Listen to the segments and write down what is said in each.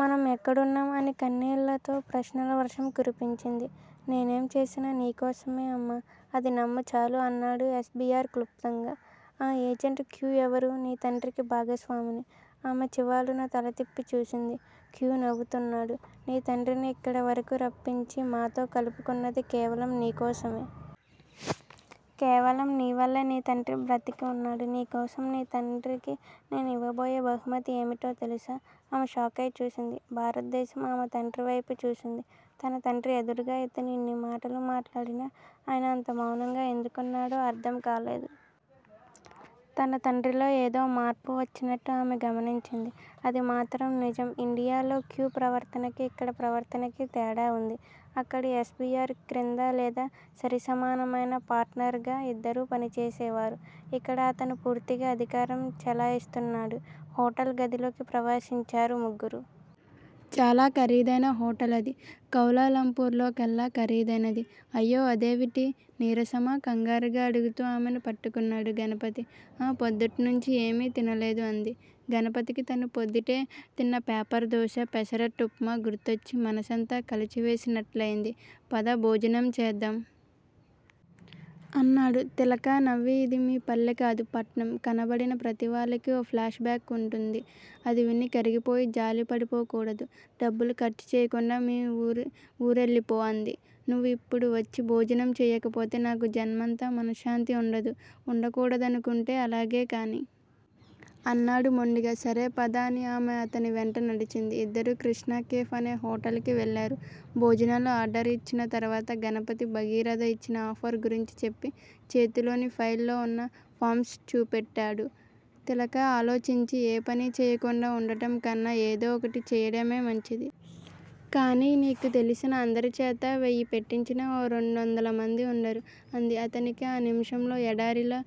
మనం ఎక్కడున్నాం? అని కన్నీళ్ళతో ప్రశ్నల వర్షం కురిపించింది. నేనేం చేసినా నీ కోసమే అమ్మా! అది నమ్ము చాలు అన్నాడు యస్బీఆర్ క్లుప్తంగా. ఆ ఏజెంట్ క్యూ ఎవరు? నీ తండ్రికి భాగస్వామిని. ఆమె చివాలున తల తిప్పి చూసింది. క్యూ నవ్వుతున్నాడు. నీ తండ్రిని ఇక్కడవరకూ రప్పించి మాతో కలుపుకున్నది కేవలం నీ కోసమే. కేవలం నీ వల్లే నీ తండ్రి బ్రతికి వున్నాడు. నీ కోసం నీ తండ్రికి నేను ఇవ్వబోయే బహుమతి ఏమిటో తెలుసా? ఆమె షాకై చూసింది. భారతదేశం. ఆమె తండ్రివైపు చూసింది. తన తండ్రి ఎదురుగా ఇతను ఇన్ని మాటలు మాట్లాడినా ఆయన అంత మౌనంగా ఎందుకుకున్నాడో అర్థం కాలేదు. తన తండ్రిలో ఏదో మార్పు వచ్చినట్టు ఆమె గమనించింది. అది మాత్రం నిజం. ఇండియాలో 'క్యూ' ప్రవర్తనకీ ఇక్కడి ప్రవర్తనకీ తేడా వుంది. అక్కడ యస్బీఆర్ క్రింద- లేదా- సరిసమానమైన పార్ట్నర్స్ గా ఇద్దరూ పని చేసేవారు. ఇక్కడ అతను పూర్తిగా అధికారం చెలాయిస్తున్నాడు. హోటల్ గదిలోకి ప్రవేశించారు ముగ్గురూ. చాలా ఖరీదైన హోటల్ అది. కౌలాలంపూర్ లో కెల్లా ఖరీదైనది.। అయ్యో అదేవిటీ? నీరసమా? కంగారుగా అడుగుతూ ఆమెను పట్టుకున్నాడు గణపతి. ఆఁ పొద్దుట్నుంచీ ఏమీ తినలేదు! అంది. గణపతికి తను పొద్దుటే తిన్న పేపర్ దోస, పెసరట్టుప్మా గుర్తొచ్చి మనసంతా కలచివేసినట్లయింది. పద, భోజనం చేద్దాం! అన్నాడు. తిలక నవ్వి, ఇది మీ పల్లెకాదు. పట్నం! కనపడిన ప్రతివాళ్ళకీ ఓ ఫ్లాష్ బాక్ వుంటుంది. అది విని కరిగిపోయి జాలిపడిపోకూడదు! డబ్బులు ఖర్చు చేయకుండా మీ ఊరెళ్ళిపో! అంది. నువ్వు ఇప్పుడు వచ్చి భోజనం చెయ్యకపోతే నాకు జన్మంతా మనశ్శాంతి ఉండదు! ఉండకూడదనుకుంటే అలాగే కానీ! అన్నాడు మొండిగా. సరే పద! అని ఆమె అతని వెంట నడిచింది. ఇద్దరూ కృష్టా కేఫ్ అనే హోటల్ కి వెళ్ళారు. భోజనాలు ఆర్డర్ ఇచ్చిన తర్వాత గణపతి భగీరథ ఇచ్చిన ఆఫర్ గురించి చెప్పి చేతిలోని ఫైల్ లో ఉన్న ఫామ్స్ చూపెట్టాడు. తిలక ఆలోచించి ఏ పనీ చెయ్యకుండా ఉండటం కన్నా ఏదో ఒకటి చెయ్యడమే మంచిది! కానీయ్ నీకు తెలిసిన అందరిచేత వెయ్యి పెట్టించినా ఓ రెండొందలమంది ఉండరూ? అంది. అతనికి ఆ నిమిషంలో ఎడారిలో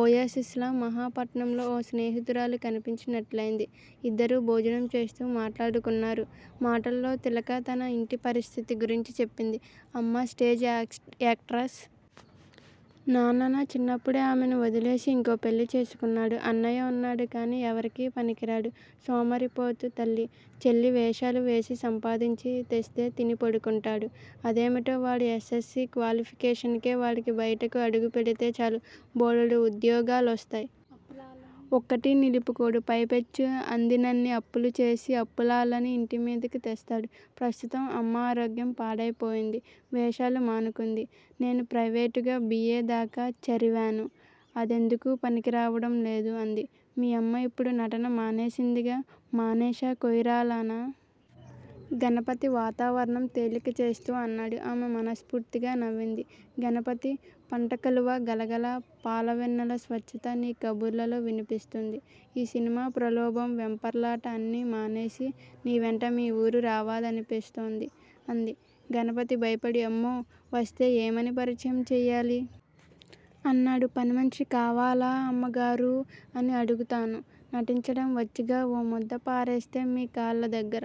ఒయాసిస్ లా మహాపట్నంలో ఓ స్నేహితురాలు కనిపించినట్లయింది. ఇద్దరూ భోజనం చేస్తూ మాట్లాడుకున్నారు. మాటల్లో తిలక తన ఇంటి పరిస్థితి గురించి చెప్పింది. అమ్మ స్టేజ్ ఎక్ట్రస్. నన్నానా చిన్నప్పుడే ఆమెను వదిలేసి ఇంకో పెళ్ళి చేసుకున్నాడు. అన్నయ్య ఉన్నాడు కానీ, ఎవరికీ పనికిరాడు! సోమరిపోతు తల్లీ, చెల్లీ వేషాలు వేసి సంపాదించి తెస్తే తిని పడుకుంటాడు. అదేమిటో వాడి ఎస్. ఎస్. సి. క్వాలిఫీకేషన్ కే వాడికి బయటకు అడుగు పెడితే చాలు బోలెడు ఉద్యోగాలొస్తాయ్. ఒక్కటీ నిలుపుకోడు. పై పెచ్చు అందినన్ని అప్పులు చేసి అప్పులాళ్ళని ఇంటిమీదకి తెస్తాడు. ప్రస్తుతం అమ్మ ఆరోగ్యం పాడయిపోయింది. వేషాలు మానుకుంది. నేను ప్రయివేటుగా బి. ఏ. దాకా చరివాను. అదెందుకూ పనికిరావడం లేదు! అంది. మీ అమ్మ ఇప్పుడు నటన మానేసిందిగా మానేషా కొయిరాలానా? గణపతి వాతావరణం తేలికచేస్తూ అన్నాడు. ఆమె మనస్ఫూర్తిగా నవ్వింది! గణపతీ! పంటకలువ గలగలా, పాల వెన్నెల స్వచ్చతా నీ కబుర్లలో వినిపిస్తోంది. ఈ సినిమా ప్రలోభం వెంపర్లాటా అన్నీ మానేసి నీ వెంట మీ ఊరు రావాలనిపిస్తోంది! అంది. గణపతి భయపడి అమ్మో! వస్తే ఏమని పరిచయం చెయ్యాలి? అన్నాడు. పనిమనిషి కావాలా అమ్మగారూ? అని అడుగుతానూ నటించడం వచ్చుగా! ఓ ముద్ద పారేస్తే మీ కాళ్ళదగ్గర